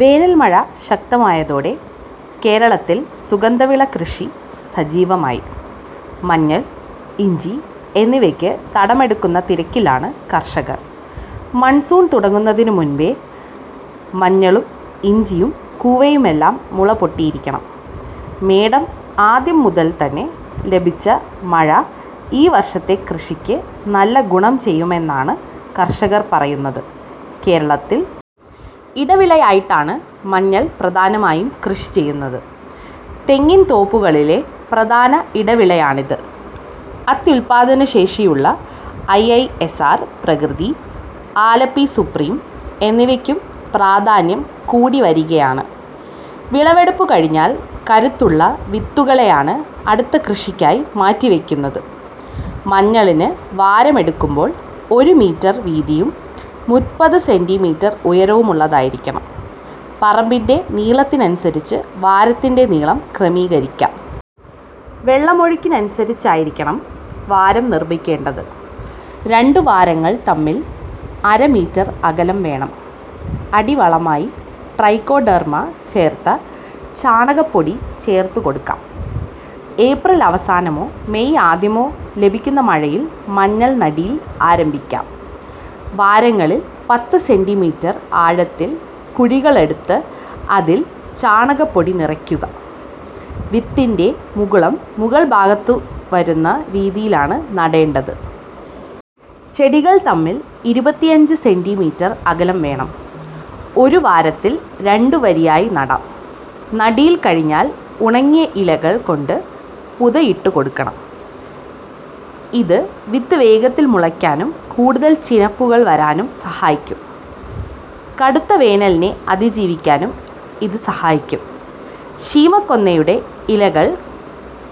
വേനൽമഴ ശക്തമായതോടെ കേരളത്തിൽ സുഗന്ധവിള കൃഷി സജീവമായി. മഞ്ഞൾ, ഇഞ്ചി എന്നിവയ്ക്ക് തടമെടുക്കുന്ന തിരക്കിലാണ് കർഷകർ. മൺസൂൺ തുടങ്ങുന്നതിനു മുമ്പേ മഞ്ഞളും ഇഞ്ചിയും കൂവയുമെല്ലാം മുളപൊട്ടിയിരിക്കണം. മേടം ആദ്യം മുതൽ തന്നെ ലഭിച്ച മഴ ഈ വർഷത്തെ കൃഷിക്ക് നല്ല ഗുണം ചെയ്യുമെന്നാണ് കർഷകർ പറയുന്നത്. കേരളത്തിൽ ഇടവിളയായിട്ടാണ് മഞ്ഞൾ പ്രധാനമായും കൃഷി ചെയ്യുന്നത്. തെങ്ങിൻതോപ്പുകളിലെ പ്രധാന ഇടവിളയാണിത്. അത്യുൽപാദനശേഷിയുള്ള ഐഐഎസ്ആർ പ്രകൃതി, ആലപ്പി സുപ്രീം എന്നിവയ്ക്കും പ്രാധാന്യം കൂടിവരികയാണ്. വിളവെടുപ്പു കഴിഞ്ഞാൽ കരുത്തുള്ള വിത്തുകളെയാണ് അടുത്ത കൃഷിക്കായി മാറ്റിവയ്ക്കുന്നത്. മഞ്ഞളിന് വാരം എടുക്കുമ്പോൾ ഒരു മീറ്റർ വീതിയും മുപ്പത് സെന്റീമീറ്റർ ഉയരവുമുള്ളതായിരിക്കണം. പറമ്പിന്റെ നീളത്തിനനുസരിച്ച് വാരത്തിന്റെ നീളം ക്രമീകരിക്കാം. വെള്ളമൊഴുക്കിനനുസരിച്ചായിരിക്കണം വാരം നിർമിക്കേണ്ടത്. രണ്ടു വാരങ്ങൾ തമ്മിൽ അര മീറ്റർ അകലം വേണം. അടിവളമായി ട്രൈക്കോഡെർമ ചേർത്ത ചാണകപ്പൊടി ചേർത്തുകൊടുക്കാം. ഏപ്രിൽ അവസാനമോ മേയ് ആദ്യമോ ലഭിക്കുന്ന മഴയിൽ മഞ്ഞൾ നടീൽ ആരംഭിക്കാം. വാരങ്ങളിൽ പത്ത് സെന്റീമീറ്റർ ആഴത്തിൽ കുഴികളെടുത്ത് അതിൽ ചാണകപ്പൊടി നിറയ്ക്കുക. വിത്തിന്റെ മുകുളം മുകൾഭാഗത്തുവരുന്ന രീതിയിലാണ് നടേണ്ടത്. ചെടികൾ തമ്മിൽ ഇരുപത്തിയഞ്ച് സെന്റീമീറ്റർ അകലം വേണം. ഒരു വാരത്തിൽ രണ്ടു വരിയായി നടാം. നടീൽ കഴിഞ്ഞാൽ ഉണങ്ങിയ ഇലകൾ കൊണ്ട് പുതയിട്ടുകൊടുക്കണം. ഇത് വിത്ത് വേഗത്തിൽ മുളയ്ക്കാനും കൂടുതൽ ചിനപ്പുകൾ വരാനും സഹായിക്കും. കടുത്ത വേനലിനെ അതിജീവിക്കാനും ഇത് സഹായിക്കും. ശീമക്കൊന്നയുടെ ഇലകൾ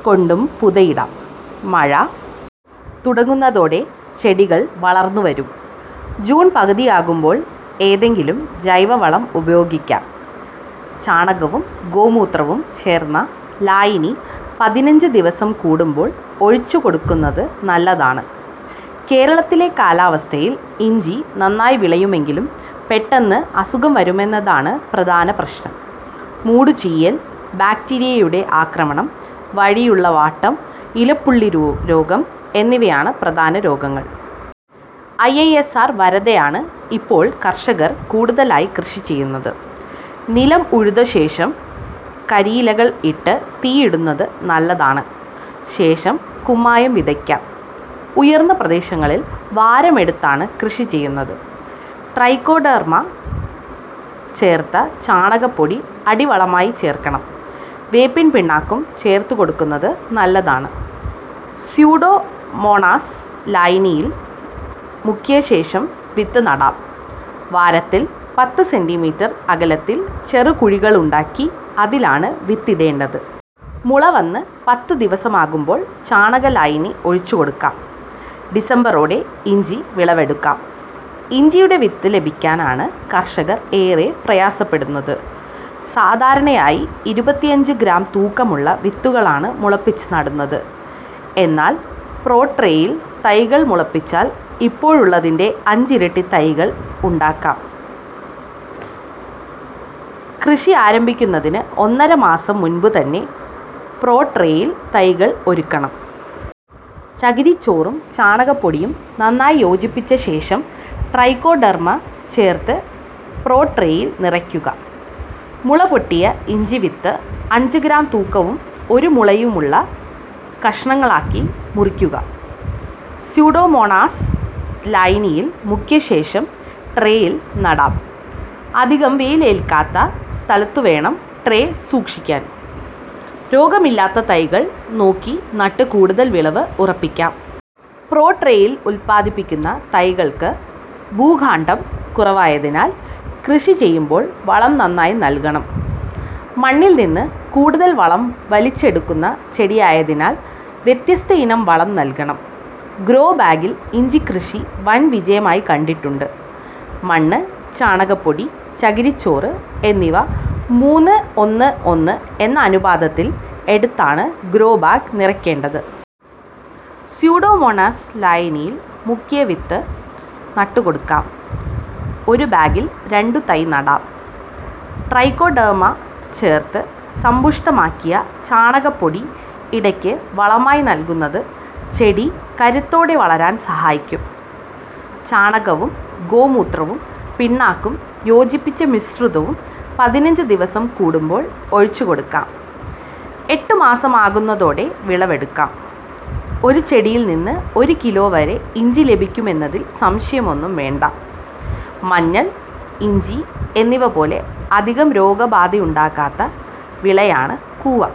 കൊണ്ടും പുതയിടാം. മഴ തുടങ്ങുന്നതോടെ ചെടികൾ വളർന്നുവരും. ജൂൺ പകുതിയാകുമ്പോൾ ഏതെങ്കിലും ജൈവവളം ഉപയോഗിക്കാം. ചാണകവും ഗോമൂത്രവും ചേർത്ത ലായനി പതിനഞ്ച് ദിവസം കൂടുമ്പോൾ ഒഴിച്ചുകൊടുക്കുന്നത് നല്ലതാണ്. കേരളത്തിലെ കാലാവസ്ഥയിൽ ഇഞ്ചി നന്നായി വിളയുമെങ്കിലും പെട്ടെന്ന് അസുഖം വരുമെന്നതാണ് പ്രധാന പ്രശ്നം. മൂടുചീയൽ, ബാക്ടീരിയയുടെ ആക്രമണം വഴിയുള്ള വാട്ടം, ഇലപ്പുള്ളിരോഗം എന്നിവയാണ് പ്രധാന രോഗങ്ങൾ. ഐഐഎസ്ആർ വരദയാണ് ഇപ്പോൾ കർഷകർ കൂടുതലായി കൃഷി ചെയ്യുന്നത്. നിലം ഉഴുതശേഷം കരിയിലകൾ ഇട്ട് തീയിടുന്നത് നല്ലതാണ്. ശേഷം കുമ്മായം വിതയ്ക്കാം. ഉയർന്ന പ്രദേശങ്ങളിൽ വാരമെടുത്താണ് കൃഷി ചെയ്യുന്നത്. ട്രൈക്കോഡെർമ ചേർത്ത ചാണകപ്പൊടി അടിവളമായി ചേർക്കണം. വേപ്പിൻപിണ്ണാക്കുംചേർത്തുകൊടുക്കുന്നത് നല്ലതാണ്. സ്യൂഡോമോണാസ് ലായനിയിൽ മുക്കിയശേഷം വിത്ത് നടാം. വാരത്തിൽ പത്ത് സെന്റീമീറ്റർ അകലത്തിൽ ചെറുകുഴികളുണ്ടാക്കി അതിലാണ് വിത്തിടേണ്ടത്. മുള വന്ന് പത്ത് ദിവസമാകുമ്പോൾ ചാണക ലായനി ഒഴിച്ചുകൊടുക്കാം. ഡിസംബറോടെ ഇഞ്ചി വിളവെടുക്കാം. ഇഞ്ചിയുടെ വിത്ത് ലഭിക്കാനാണ് കർഷകർ ഏറെ പ്രയാസപ്പെടുന്നത്. സാധാരണയായി ഇരുപത്തിയഞ്ച് ഗ്രാം തൂക്കമുള്ള വിത്തുകളാണ് മുളപ്പിച്ച് നടുന്നത്. എന്നാൽ പ്രോട്രേയിൽ തൈകൾ മുളപ്പിച്ചാൽ ഇപ്പോഴുള്ളതിന്റെ അഞ്ചിരട്ടി തൈകൾ ഉണ്ടാക്കാം. കൃഷി ആരംഭിക്കുന്നതിന് ഒന്നര മാസം മുമ്പുതന്നെ പ്രോട്രേയിൽ തൈകൾ ഒരുക്കണം. ചകിരിച്ചോറും ചാണകപ്പൊടിയും നന്നായി യോജിപ്പിച്ചശേഷം ട്രൈക്കോഡെർമ ചേർത്ത് പ്രോട്രേയിൽ നിറയ്ക്കുക. മുളപൊട്ടിയ ഇഞ്ചിവിത്ത് അഞ്ച് ഗ്രാം തൂക്കവും ഒരു മുളയുമുള്ള കഷണങ്ങളാക്കി മുറിക്കുക. സ്യൂഡോമോണാസ് ലായനിയിൽ മുക്കിയശേഷം ട്രേയിൽ നടാം. അധികം വെയിലേൽക്കാത്ത സ്ഥലത്തുവേണം ട്രേ സൂക്ഷിക്കാൻ. രോഗമില്ലാത്ത തൈകൾ നോക്കി നട്ട് കൂടുതൽ വിളവ് ഉറപ്പിക്കാം. പ്രോട്രേയിൽ ഉൽപാദിപ്പിക്കുന്ന തൈകൾക്ക് ഭൂകാണ്ഡം കുറവായതിനാൽ കൃഷി ചെയ്യുമ്പോൾ വളം നന്നായി നൽകണം. മണ്ണിൽനിന്ന് കൂടുതൽ വളം വലിച്ചെടുക്കുന്ന ചെടിയായതിനാൽ വ്യത്യസ്തയിനം വളം നൽകണം. ഗ്രോബാഗിൽ ഇഞ്ചിക്കൃഷി വൻ വിജയമായി കണ്ടിട്ടുണ്ട്. മണ്ണ്, ചാണകപ്പൊടി, ചകിരിച്ചോറ് എന്നിവ മൂന്ന് ഒന്ന് ഒന്ന് എന്ന അനുപാതത്തിൽ എടുത്താണ് ഗ്രോബാഗ് നിറയ്ക്കേണ്ടത്. സ്യൂഡോമോണാസ് ലായനിയിൽ മുക്കിയ വിത്ത് നട്ടുകൊടുക്കാം. ഒരു ബാഗിൽ രണ്ടു തൈ നടാം. ട്രൈക്കോഡെർമ ചേർത്ത് സമ്പുഷ്ടമാക്കിയ ചാണകപ്പൊടി ഇടയ്ക്ക് വളമായി നൽകുന്നത് ചെടി കരുത്തോടെ വളരാൻ സഹായിക്കും. ചാണകവും ഗോമൂത്രവും പിണ്ണാക്കും യോജിപ്പിച്ച മിശ്രിതവും പതിനഞ്ച് ദിവസം കൂടുമ്പോൾ ഒഴിച്ചുകൊടുക്കാം. എട്ട് മാസമാകുന്നതോടെ വിളവെടുക്കാം. ഒരു ചെടിയിൽനിന്ന് ഒരു കിലോ വരെ ഇഞ്ചി ലഭിക്കുമെന്നതിൽ സംശയമൊന്നും വേണ്ട. മഞ്ഞൾ, ഇഞ്ചി എന്നിവപോലെ അധികം രോഗബാധയുണ്ടാകാത്ത വിളയാണ് കൂവ.